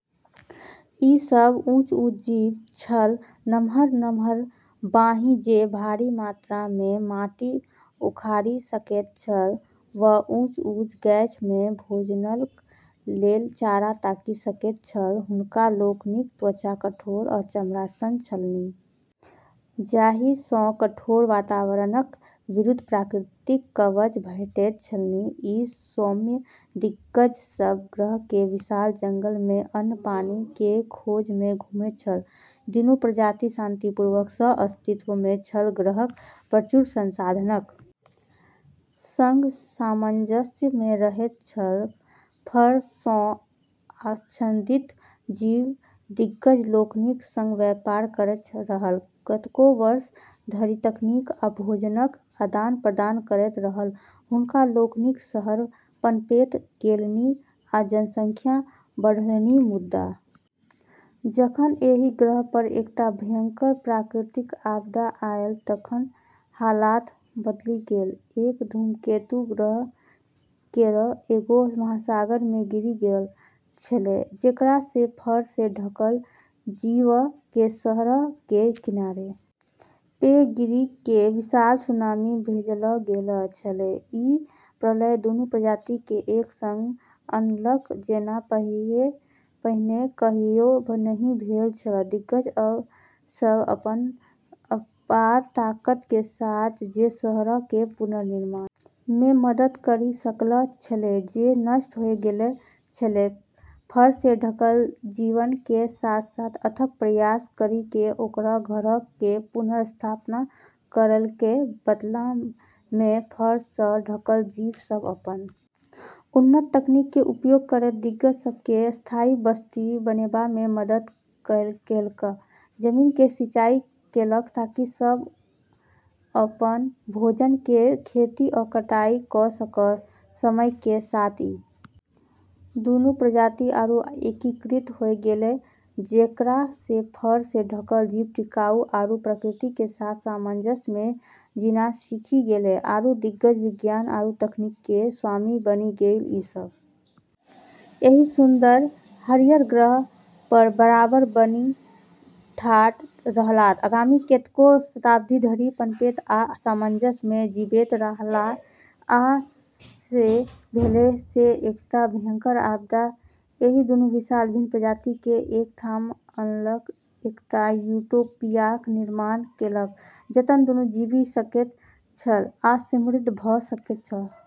ई सभ ऊँच-ऊँच जीव छल, नम्हर-नम्हर बाँहि जे भारी मात्रा मे माटि उखाड़ि सकैत छल वा ऊँच-ऊँच गाछ मे भोजनक लेल चारा ताकि सकैत छल, हुनका लोकनिक त्वचा कठोर आ चमड़ा सन छलनि जाहि सँ कठोर वातावरणक विरुद्ध प्राकृतिक कवच भेटैत छलनि ई सौम्य दिग्गज सब ग्रह के विशाल जंगल में अन्न-पानि के खोज में घुमैत छल दुनू प्रजाति शांतिपूर्वक सह-अस्तित्व मे छल, ग्रहक प्रचुर संसाधनक संग सामंजस्य मे रहैत छल, फर सॅं आच्छादित जीव दिग्गज लोकनिक संग व्यापार करैत रहल, कतेको वर्ष धरि तकनीक आ भोजनक आदान-प्रदान करैत रहल, हुनका लोकनिक शहर पनपैत गेलनि आ जनसंख्या बढ़लनि, मुदा जखन एहि ग्रह पर एकटा भयंकर प्राकृतिक आपदा आयल तखन हालात बदलि गेल एक धूमकेतु ग्रह केरऽ एगो महासागर मे गिरी गेलऽ छेलै जेकरा से फर से ढकल जीवऽ के शहरऽ के किनारे पे गिरी के विशाल सुनामी भेजलऽ गेलऽ छेलै, ई प्रलय दुनू प्रजाति के एक संग अनलक जेना पहिने कहियो नहि भेल छल, दिग्गज सब अपनऽ अपार ताकत के साथ जे शहरऽ के पुनर्निर्माण में मदद करी सकलऽ छेलै जे नष्ट होय गेलऽ छेलै फर सें ढकल जीवऽ के साथ-साथ अथक प्रयास करी के ओकरऽ घरऽ के पुनर्स्थापना करलकै, बदला में फर स ढकल जीव सब अपन उन्नत तकनीक के उपयोग करैत दिग्गज सब के स्थायी बस्ती बनेबा में मदद केलक, जमीन के सिंचाई केलक ताकि ओ सब अपन भोजन के खेती आ कटाई क सकय, समय के साथ ई दूनू प्रजाति आरू एकीकृत होय गेलै जेकरा से फर से ढकल जीव टिकाऊ आरू प्रकृति के साथ सामंजस्य मे जीना सीखी गेलै आरू दिग्गज विज्ञान आरू तकनीक के स्वामी बनी गेलै, ई सब एहि सुन्दर हरियर ग्रह पर बराबर बनि ठाढ़ रहलाह, आगामी कतेको शताब्दी धरि पनपैत आ सामंजस्य मे जीबैत रहलाह आ से भेलै जे एकटा भयंकर आपदा एहि दुनू विशाल भिन्न प्रजाति केँ एक ठाम अनलक, एकटा यूटोपियाक निर्माण केलक जतय दुनू जीबि सकैत छल आ समृद्ध भ सकैत छल।